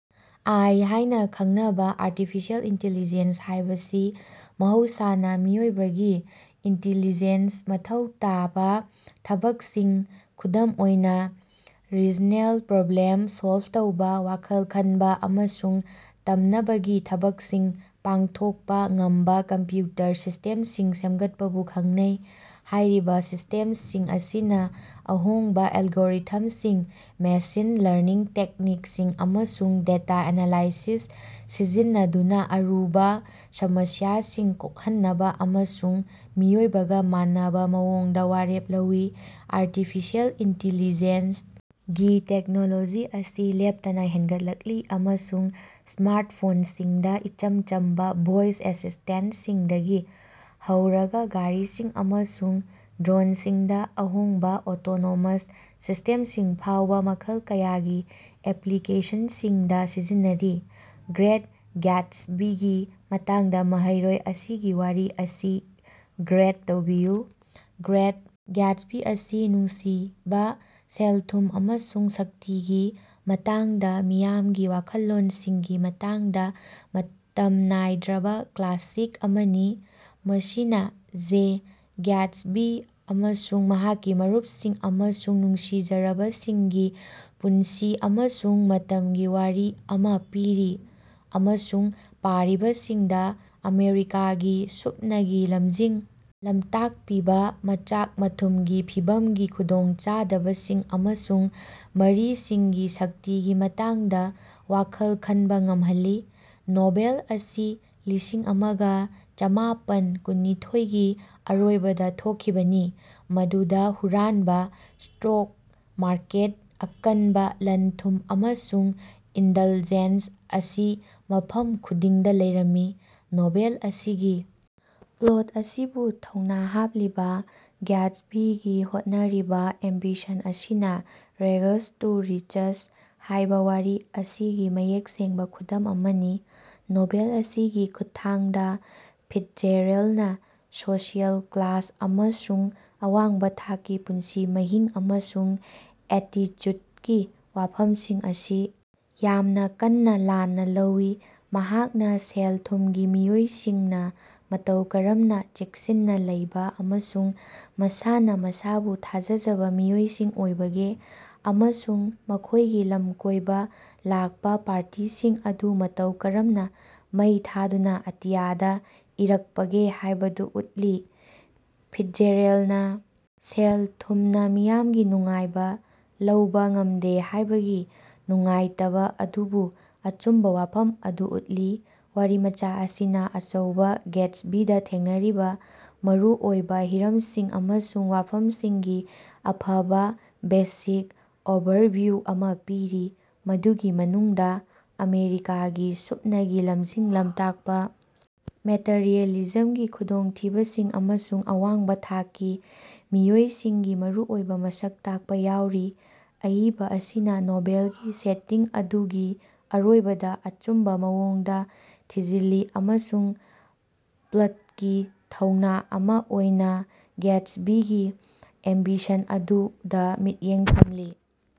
ꯑꯥꯏ. ꯍꯥꯏꯅ ꯈꯪꯅꯕ artificial intelligence ꯍꯥꯏꯕꯁꯤ ꯃꯍꯧꯁꯥꯅ ꯃꯤꯑꯣꯏꯕꯒꯤ ꯏꯟꯇꯤꯂꯤꯖꯦꯟꯁ ꯃꯊꯧ ꯇꯥꯕ ꯊꯕꯛꯁꯤꯡ, ꯈꯨꯗꯝ ꯑꯣꯏꯅ ꯔꯤꯖꯅꯦꯜ, ꯄ꯭ꯔꯣꯕ꯭ꯂꯦꯝ ꯁꯣꯜꯕ ꯇꯧꯕ, ꯋꯥꯈꯜ ꯈꯟꯕ ꯑꯃꯁꯨꯡ ꯇꯝꯅꯕꯒꯤ ꯊꯕꯛꯁꯤꯡ ꯄꯥꯡꯊꯣꯛꯄ ꯉꯝꯕ ꯀꯝꯄ꯭ꯌꯨꯇꯔ ꯁꯤꯁ꯭ꯇꯦꯝꯁꯤꯡ ꯁꯦꯝꯒꯠꯄꯕꯨ ꯈꯪꯅꯩ꯫ ꯍꯥꯏꯔꯤꯕ ꯁꯤꯁ꯭ꯇꯦꯝꯁꯤꯡ ꯑꯁꯤꯅ ꯑꯍꯣꯡꯕ ꯑꯦꯂꯒꯣꯔꯤꯊꯝꯁꯤꯡ, ꯃꯦꯁꯤꯟ ꯂꯔꯅꯤꯡ ꯇꯦꯛꯅꯤꯛꯁꯤꯡ, ꯑꯃꯁꯨꯡ ꯗꯦꯇꯥ ꯑꯦꯅꯥꯂꯥꯏꯁꯤꯁ ꯁꯤꯖꯤꯟꯅꯗꯨꯅ ꯑꯔꯨꯕ ꯁꯃꯁ꯭ꯌꯥꯁꯤꯡ ꯀꯣꯛꯍꯟꯅꯕ ꯑꯃꯁꯨꯡ ꯃꯤꯑꯣꯏꯕꯒ ꯃꯥꯟꯅꯕ ꯃꯑꯣꯡꯗ ꯋꯥꯔꯦꯞ ꯂꯧꯏ꯫ Artificial intelligence. ꯒꯤ ꯇꯦꯛꯅꯣꯂꯣꯖꯤ ꯑꯁꯤ ꯂꯦꯞꯇꯅ ꯍꯦꯟꯒꯠꯂꯛꯂꯤ ꯑꯃꯁꯨꯡ ꯁ꯭ꯃꯥꯔꯇꯐꯣꯟꯁꯤꯡꯗ ꯏꯆꯝ ꯆꯝꯕ ꯚꯣꯏꯁ ꯑꯦꯁꯤꯁ꯭ꯇꯦꯟꯇꯁꯤꯡꯗꯒꯤ ꯍꯧꯔꯒ ꯒꯥꯔꯤꯁꯤꯡ ꯑꯃꯁꯨꯡ ꯗ꯭ꯔꯣꯟꯁꯤꯡꯗ ꯑꯍꯣꯡꯕ ꯑꯣꯇꯣꯅꯣꯃꯁ ꯁꯤꯁ꯭ꯇꯦꯝꯁꯤꯡ ꯐꯥꯎꯕ ꯃꯈꯜ ꯀꯌꯥꯒꯤ ꯑꯦꯄ꯭ꯂꯤꯀꯦꯁꯟꯁꯤꯡꯗ ꯁꯤꯖꯤꯟꯅꯔꯤ꯫ ꯒ꯭ꯔꯦꯠ ꯒ꯭ꯌꯥꯇꯁꯕꯤꯒꯤ ꯃꯇꯥꯡꯗ ꯃꯍꯩꯔꯣꯏ ꯑꯁꯤꯒꯤ ꯋꯥꯔꯤ ꯑꯁꯤ ꯒ꯭ꯔꯦꯗ ꯇꯧꯕꯤꯌꯨ꯫ ꯒ꯭ꯔꯦꯠ ꯒ꯭ꯌꯥꯇꯁꯕꯤ ꯑꯁꯤ ꯅꯨꯡꯁꯤꯕ, ꯁꯦꯜ-ꯊꯨꯝ ꯑꯃꯁꯨꯡ ꯁꯛꯇꯤꯒꯤ ꯃꯇꯥꯡꯗ ꯃꯤꯌꯥꯝꯒꯤ ꯋꯥꯈꯜꯂꯣꯟꯁꯤꯡꯒꯤ ꯃꯇꯥꯡꯗ ꯃꯇꯝ ꯅꯥꯏꯗ꯭ꯔꯕ ꯀ꯭ꯂꯥꯁꯤꯛ ꯑꯃꯅꯤ꯫ ꯃꯁꯤꯅ ꯖꯦ ꯒ꯭ꯌꯥꯇꯁꯕꯤ ꯑꯃꯁꯨꯡ ꯃꯍꯥꯛꯀꯤ ꯃꯔꯨꯞꯁꯤꯡ ꯑꯃꯁꯨꯡ ꯅꯨꯡꯁꯤꯖꯔꯕꯁꯤꯡꯒꯤ ꯄꯨꯟꯁꯤ ꯑꯃꯁꯨꯡ ꯃꯇꯝꯒꯤ ꯋꯥꯔꯤ ꯑꯃ ꯄꯤꯔꯤ꯫ ꯑꯃꯁꯨꯡ ꯄꯥꯔꯤꯕꯁꯤꯡꯗ ꯑꯃꯦꯔꯤꯀꯥꯒꯤ ꯁꯨꯞꯅꯒꯤ ꯂꯝꯖꯤꯡ ꯂꯝꯇꯥꯛꯄꯤꯕ ꯃꯆꯥꯛ-ꯃꯊꯨꯝꯒꯤ ꯐꯤꯚꯝꯒꯤ ꯈꯨꯗꯣꯡꯆꯥꯗꯕꯁꯤꯡ ꯑꯃꯁꯨꯡ ꯃꯔꯤꯁꯤꯡꯒꯤ ꯁꯛꯇꯤꯒꯤ ꯃꯇꯥꯡꯗ ꯋꯥꯈꯜ ꯈꯟꯕ ꯉꯝꯍꯜꯂꯤ꯫ ꯅꯣꯚꯦꯜ ꯑꯁꯤ ꯂꯤꯁꯤꯡ ꯑꯃꯒ ꯆꯥꯝꯃꯥꯄꯟ ꯀꯨꯟꯅꯤꯊꯣꯏꯒꯤ ꯑꯔꯣꯏꯕꯗ ꯊꯣꯛꯈꯤꯕꯅꯤ꯫ ꯃꯗꯨꯗ ꯍꯨꯔꯥꯟꯕ ꯁ꯭ꯇꯣꯛ ꯃꯥꯔꯀꯦꯠ ꯑꯀꯟꯕ ꯂꯟ-ꯊꯨꯝ, ꯑꯃꯁꯨꯡ ꯏꯟꯗꯜꯖꯦꯟꯁ ꯑꯁꯤ ꯃꯐꯝ ꯈꯨꯗꯤꯡꯗ ꯂꯩꯔꯝꯃꯤ꯫ ꯅꯣꯚꯦꯜ ꯑꯁꯤꯒꯤ ꯄ꯭ꯂꯣꯠ ꯑꯁꯤꯕꯨ ꯊꯧꯅꯥ ꯍꯥꯞꯂꯤꯕ ꯒ꯭ꯌꯥꯇꯁꯕꯤꯒꯤ ꯍꯣꯠꯅꯔꯤꯕ ꯑꯦꯝꯕꯤꯁꯟ ꯑꯁꯤꯅꯥ "ꯔꯦꯒꯁ ꯇꯨ ꯔꯤꯆꯁ" ꯍꯥꯏꯕ ꯋꯥꯔꯤ ꯑꯁꯤꯒꯤ ꯃꯌꯦꯛ ꯁꯦꯡꯕ ꯈꯨꯗꯝ ꯑꯃꯅꯤ꯫ ꯅꯣꯚꯦꯜ ꯑꯁꯤꯒꯤ ꯈꯨꯠꯊꯥꯡꯗ ꯐꯤꯠꯖꯦꯔꯦꯜꯅ ꯁꯣꯁꯤꯑꯦꯜ ꯀ꯭ꯂꯥꯁ ꯑꯃꯁꯨꯡ ꯑꯋꯥꯡꯕ ꯊꯥꯛꯀꯤ ꯄꯨꯟꯁꯤ ꯃꯍꯤꯡ ꯑꯃꯁꯨꯡ ꯑꯦꯇꯤꯆꯨꯗꯀꯤ ꯋꯥꯐꯝꯁꯤꯡ ꯑꯁꯤ ꯌꯥꯝꯅ ꯀꯟꯅ ꯂꯥꯟꯅ ꯂꯧꯏ꯫ ꯃꯍꯥꯛꯅ ꯁꯦꯜ ꯊꯨꯝꯒꯤ ꯃꯤꯑꯣꯏꯁꯤꯡꯅ ꯃꯇꯧ ꯀꯔꯝꯅ ꯆꯦꯛꯁꯤꯟꯅ ꯂꯩꯕ ꯑꯃꯁꯨꯡ ꯃꯁꯥꯅ ꯃꯁꯥꯕꯨ ꯊꯥꯖꯖꯕ ꯃꯤꯑꯣꯏꯁꯤꯡ ꯑꯣꯏꯕꯒꯦ ꯑꯃꯁꯨꯡ ꯃꯈꯣꯏꯒꯤ ꯂꯝꯀꯣꯏꯕ ꯂꯥꯛꯄ ꯄꯥꯔꯇꯤꯁꯤꯡ ꯑꯗꯨ ꯃꯇꯧ ꯀꯔꯝꯅ ꯃꯩ ꯊꯥꯗꯨꯅ ꯑꯇꯤꯌꯥꯗ ꯏꯔꯛꯄꯒꯦ ꯍꯥꯏꯕꯗꯨ ꯎꯠꯂꯤ꯫ ꯐꯤꯠꯖꯦꯔꯦꯜꯅ ꯁꯦꯜ-ꯊꯨꯝꯅ ꯃꯤꯌꯥꯃꯒꯤ ꯅꯨꯡꯉꯥꯏꯕ ꯂꯧꯕ ꯉꯝꯗꯦ ꯍꯥꯏꯕꯒꯤ ꯅꯨꯡꯉꯥꯏꯇꯕ ꯑꯗꯨꯕꯨ ꯑꯆꯨꯝꯕ ꯋꯥꯐꯝ ꯑꯗꯨ ꯎꯠꯂꯤ꯫ ꯋꯥꯔꯤꯃꯆꯥ ꯑꯁꯤꯅ ꯑꯆꯧꯕꯥ ꯒꯦꯠꯁꯕꯤꯗ ꯊꯦꯡꯅꯔꯤꯕ ꯃꯔꯨ ꯑꯣꯏꯕ ꯍꯤꯔꯝꯁꯤꯡ ꯑꯃꯁꯨꯡ ꯋꯥꯐꯝꯁꯤꯡꯒꯤ ꯑꯐꯕ ꯕꯦꯁꯤꯛ ꯑꯣꯚꯔꯚꯤꯌꯨ ꯑꯃꯥ ꯄꯤꯔꯤ꯫ ꯃꯗꯨꯒꯤ ꯃꯅꯨꯡꯗ ꯑꯃꯦꯔꯤꯀꯥꯒꯤ ꯁꯨꯞꯅꯒꯤ ꯂꯝꯖꯤꯡ ꯂꯝꯇꯥꯛꯄ, ꯃꯦꯇꯔꯤꯑꯦꯂꯤꯖꯝꯒꯤ ꯈꯨꯗꯣꯡꯊꯤꯕꯁꯤꯡ, ꯑꯃꯁꯨꯡ ꯑꯋꯥꯡꯕ ꯊꯥꯛꯀꯤ ꯃꯤꯑꯣꯏꯁꯤꯡꯒꯤ ꯃꯔꯨꯑꯣꯏꯕ ꯃꯁꯛ ꯇꯥꯛꯄ ꯌꯥꯎꯔꯤ꯫ ꯑꯏꯕ ꯑꯁꯤꯅ ꯅꯣꯚꯦꯜꯒꯤ ꯁꯦꯇꯤꯡ ꯑꯗꯨ ꯒꯤ ꯑꯔꯣꯏꯕꯗ ꯑꯆꯨꯝꯕ ꯃꯑꯣꯡꯗ ꯊꯤꯖꯤꯜꯂꯤ ꯑꯃꯁꯨꯡ ꯄ꯭ꯂꯇꯀꯤ ꯊꯧꯅ ꯑꯃ ꯑꯣꯏꯅ ꯒ꯭ꯌꯥꯇꯁꯕꯤꯒꯤ ꯑꯦꯝꯕꯤꯁꯟ ꯑꯗꯨꯗ ꯃꯤꯠꯌꯦꯡ ꯊꯝꯂꯤ꯫